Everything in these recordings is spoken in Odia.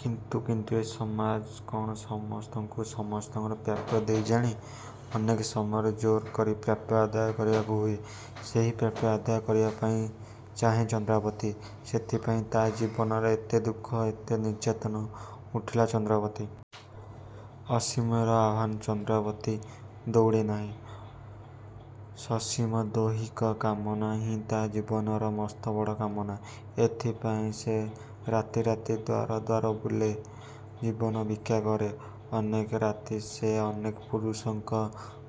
କିନ୍ତୁ କିନ୍ତୁ ଏ ସମାଜ କ'ଣ ସମସ୍ତଙ୍କୁ ସମସ୍ତଙ୍କର ପ୍ରାପ୍ୟ ଦେଇ ଜାଣେ? ଅନେକ ସମୟରେ ଜୋର କରି ପ୍ରାପ୍ୟ ଆଦାୟ କରିବାକୁ ହୁଏ। ସେହି ପ୍ରାପ୍ୟ ଆଦାୟ କରିବା ପାଇଁ ଚାହେଁ ଚନ୍ଦ୍ରାବତୀ। ସେଇଥିପାଇଁ ତା' ଜୀବନରେ ଏତେ ଦୁଃଖ, ଏତେ ନିର୍ଯାତନା। ଉଠିଲା ଚନ୍ଦ୍ରାବତୀ... ଅସୀମର ଆହ୍ୱାନରେ ଚନ୍ଦ୍ରାବତୀ ଦୌଡ଼େ ନାହିଁ। ସସୀମ ଦୈହିକ କାମନା ହିଁ ତା' ଜୀବନର ମସ୍ତବଡ଼ କାମନା। ଏଇଥିପାଇଁ ସେ ରାତି ରାତି ଦ୍ୱାର ଦ୍ୱାର ବୁଲେ, ଜୀବନ ଭିକ୍ଷା କରେ। ଅନେକ ରାତି ସେ ଅନେକ ପୁରୁଷଙ୍କ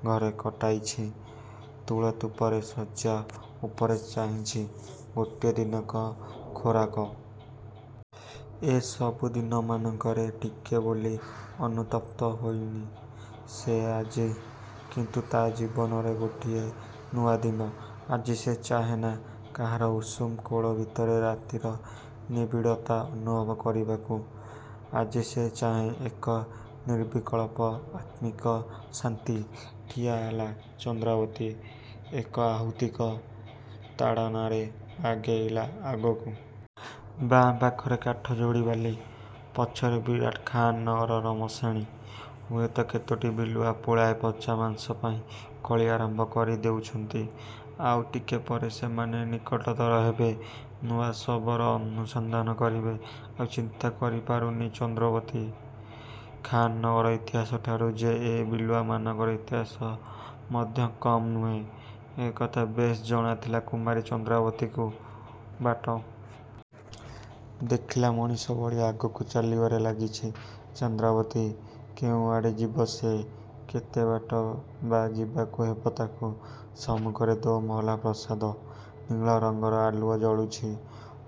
ଘରେ କଟାଇଛି। ତୂଳିତଳ୍ପର ଶଯ୍ୟା ଉପରେ ଚାହିଁଛି ଗୋଟିଏ ଦିନକ ଖୋରାକ। ଏ ସବୁ ଦିନମାନଙ୍କରେ ଟିକେ ବୋଲି ଅନୁତପ୍ତ ହୋଇନି ସେ। ଆଜି କିନ୍ତୁ ତା' ଜୀବନରେ ଗୋଟିଏ ନୂଆ ଦିନ। ଆଜି ସେ ଚାହେଁନା କାହାର ଉଷୁମ କୋଳ ଭିତରେ ରାତିର ନିବିଡ଼ତା ଅନୁଭବ କରିବାକୁ। ଆଜି ସେ ଚାହେଁ ଏକ ନିର୍ବିକଳ୍ପ ଆତ୍ମିକ ଶାନ୍ତି। ଠିଆ ହେଲା ଚନ୍ଦ୍ରାବତୀ, ଏକ ଅହେତୁକୀ ତାଡ଼ନାରେ ଆଗେଇଲା ଆଗକୁ। ବାଁ ପାଖରେ କାଠଯୋଡ଼ି ବାଲି। ପଛରେ ବିରାଟ ଖାନ୍ନଗର ମଶାଣି। ହୁଏତ କେତୋଟି ବିଲୁଆ ପୁଳାଏ ପଚା ମାଂସ ପାଇଁ କଳି ଆରମ୍ଭ କରି ଦେଇଛନ୍ତି। ଆଉ ଟିକେ ପରେ ସେମାନେ ନିକଟତର ହେବେ, ନୂଆ ଶବର ଅନୁସନ୍ଧାନ କରିବେ। ଆଉ ଚିନ୍ତା କରି ପାରୁନି ଚନ୍ଦ୍ରାବତୀ, ଖାନ୍ନଗରର ଇତିହାସଠାରୁ ଯେ ଏ ବିଲୁଆମାନଙ୍କର ଇତିହାସ ମଧ୍ୟ କମ୍ ନୁହେଁ, ଏକଥା ବେଶ୍ ଜଣାଥିଲା କୁମାରୀ ଚନ୍ଦ୍ରାବତୀକୁ। ବାଟ ଦେଖିଲା ମଣିଷ ଭଳି ଆଗକୁ ଚାଲିବାରେ ଲାଗିଛି ଚନ୍ଦ୍ରାବତୀ। କେଉଁଆଡ଼େ ଯିବ ସେ? କେତେ ବାଟ ବା ଯିବାକୁ ହେବ ତାକୁ? ସମ୍ମୁଖରେ ଦ୍ୱିମହଲା ପ୍ରାସାଦ। ନୀଳ ରଙ୍ଗର ଆଲୁଅ ଜଳୁଛି।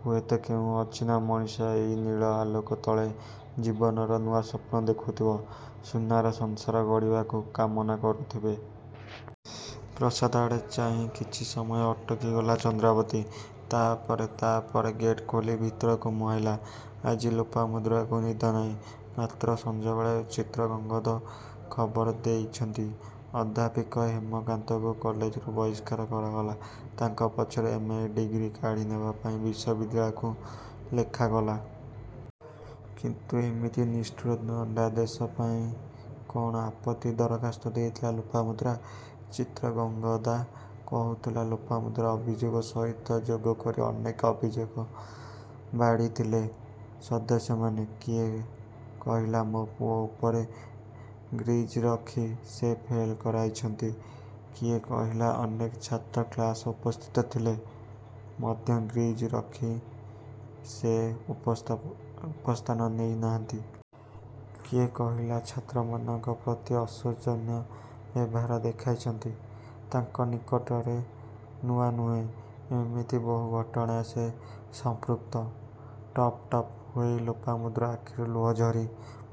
ହୁଏତ କେଉଁ ଅଚିହ୍ନା ମଣିଷ ଏଇ ନୀଳ ଆଲୋକ ତଳେ ଜୀବନର ନୂଆ ସ୍ୱପ୍ନ ଦେଖୁଥିବେ, ସୁନାର ସଂସାର ଗଢ଼ିବାକୁ କାମନା କରୁଥିବେ। ପ୍ରାସାଦ ଆଡ଼େ ଚାହିଁ କିଛି ସମୟ ଅଟକିଗଲା ଚନ୍ଦ୍ରାବତୀ। ତା' ପରେ, ତା' ପରେ ଗେଟ୍ ଖୋଲି ଭିତରକୁ ମୁହାଁଇଲା ଆଜି ଲୋପାମୁଦ୍ରାକୁ ନିଦ ନାହିଁ। ମାତ୍ର ସଞ୍ଜବେଳେ ଚିତ୍ରାଙ୍ଗଦା ଖବର ଦେଇଯାଇଛି, ଅଧ୍ୟାପକ ହେମକାନ୍ତଙ୍କୁ କଲେଜରୁ ବହିଷ୍କାର କରାଗଲା। ତାଙ୍କ ପଛରୁ ଏମ୍.ଏ. ଡିଗ୍ରୀ କାଢ଼ି ନେବା ପାଇଁ ବିଶ୍ୱବିଦ୍ୟାଳୟକୁ ଲେଖାଗଲା। କିନ୍ତୁ ଏମିତି ନିଷ୍ଠୁର ଦଣ୍ଡାଦେଶ ପାଇଁ କ'ଣ ଆପତ୍ତି ଦରଖାସ୍ତ ଦେଇଥିଲେ ଲୋପାମୁଦ୍ରା? ଚିତ୍ରାଙ୍ଗଦା କହୁଥିଲା, ଲୋପାମୁଦ୍ରାର ଅଭିଯୋଗ ସହିତ ଯୋଗ କରି ଅନେକ ଅଭିଯୋଗ ବାଢ଼ିଥିଲେ ସଦସ୍ୟମାନେ। କିଏ କହିଲା, "ମୋ ପୁଅ ଉପରେ ଗ୍ରଜ୍ ରଖି ସେ ଫେଲ୍ କରାଇଛନ୍ତି।" କିଏ କହିଲା, "ଅନେକ ଛାତ୍ର କ୍ଲାସରେ ଉପସ୍ଥିତ ଥିଲେ ମଧ୍ୟ ଗ୍ରଜ୍ ରଖି ସେ ଉପସ୍ଥା ଉପସ୍ଥାନ ନେଇ ନାହାନ୍ତି।" କିଏ କହିଲା, "ଛାତ୍ରୀମାନଙ୍କ ପ୍ରତି ଅସୌଜନ୍ୟ ବ୍ୟବହାର ଦେଖାଇବା ତାଙ୍କ ନିକଟରେ ନୂଆ ନୁହେଁ।" ଏମିତି ବହୁ ଘଟଣାରେ ସେ ସମ୍ପୃକ୍ତ। ଟପ୍ ଟପ୍ ହୋଇ ଲୋପାମୁଦ୍ରା ଆଖିରୁ ଲୁହ ଝରି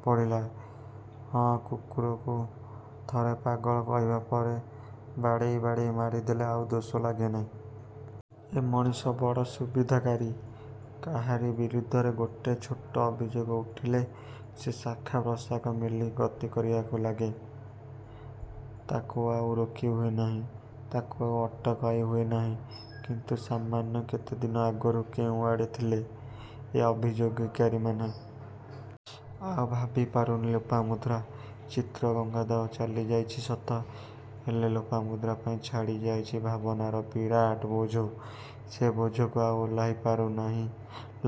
ପଡ଼ିଲା। ହଁ, କୁକୁରକୁ ଥରେ ପାଗଳ କହିବା ପରେ ବାଡ଼େଇ ବାଡ଼େଇ ମାରି ଦେଲେ ଆଉ ଦୋଷ ଲାଗେ ନାହିଁ। ଏ ମଣିଷ ବଡ଼ ସୁବିଧାକାରୀ। କାହାରି ବିରୁଦ୍ଧରେ ଗୋଟିଏ ଛୋଟ ଅଭିଯୋଗ ଉଠିଲେ ସେ ଶାଖା ପ୍ରଶାଖା ମେଲି ଗତି କରିବାକୁ ଲାଗେ। ତାକୁ ଆଉ ରୋକି ହୁଏନାହିଁ, ତାକୁ ଆଉ ଅଟକାଇ ହୁଏନାହିଁ। କିନ୍ତୁ ସାମାନ୍ୟ କେତେ ଦିନ ଆଗରୁ କେଉଁଆଡ଼େ ଥିଲେ ଏ ଅଭିଯୋଗକାରୀମାନେ? ଆଉ ଭାବି ପାରୁନି ଲୋପାମୁଦ୍ରା। ଚିତ୍ରାଙ୍ଗଦା ଚାଲିଯାଇଛି ସତ, ହେଲେ ଲୋପାମୁଦ୍ରା ପାଇଁ ଛାଡ଼ି ଯାଇଛି ଭାବନାର ବିରାଟ ବୋଝ। ସେ ବୋଝକୁ ଆଉ ଓହ୍ଲାଇ ପାରୁନାହିଁ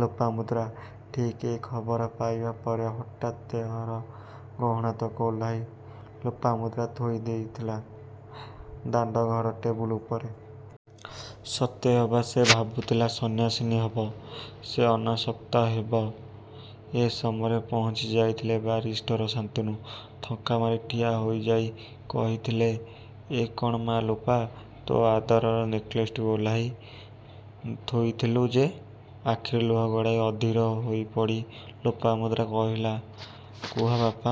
ଲୋପାମୁଦ୍ରା। ଠିକ୍ ଏ ଖବର ପାଇବା ପରେ ହଠାତ୍ ଦେହର ଗହଣାତକ ଓହ୍ଲାଇ ଲୋପାମୁଦ୍ରା ଥୋଇ ଦେଇଥିଲା ଦାଣ୍ଡଘର ଟେବୁଲ ଉପରେ। ସତେ ଅବା ସେ ଭାବୁଥିଲାସେ ସନ୍ନ୍ୟାସିନୀ ହେବ, ସେ ଅନାସକ୍ତା ହେବ। ଏ ସମୟରେ ପହଞ୍ଚି ଯାଇଥିଲେ ବାରିଷ୍ଟର ଶାନ୍ତନୁ। ଥକ୍କା ମାରି ଠିଆ ହୋଇଯାଇ କହିଥିଲେ, "ଏ କ'ଣ ମା ଲୋପା, ତୋର ଆଦରର ନେକ୍ଲେସ୍‌ଟିକୁ ଓହ୍ଲାଇ ଥୋଇଦେଲୁ ଯେ?ଆଖିରୁ ଲୁହ ଗଡ଼ାଇ, ଅଧୀର ହୋଇପଡ଼ି ଲୋପାମୁଦ୍ରା କହିଲା, "କୁହ ବାପା!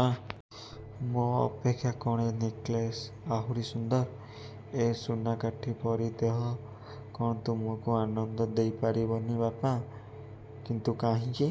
ମୋ ଅପେକ୍ଷା କ'ଣ ଏ ନେକ୍ଲେସ୍ ଆହୁରି ସୁନ୍ଦର? ଏ ସୁନାକାଠି ପରି ଦେହ କ'ଣ ତୁମକୁ ଆନନ୍ଦ ଦେଇ ପାରିବନି ବାପା?" "କିନ୍ତୁ କାହିଁକି?"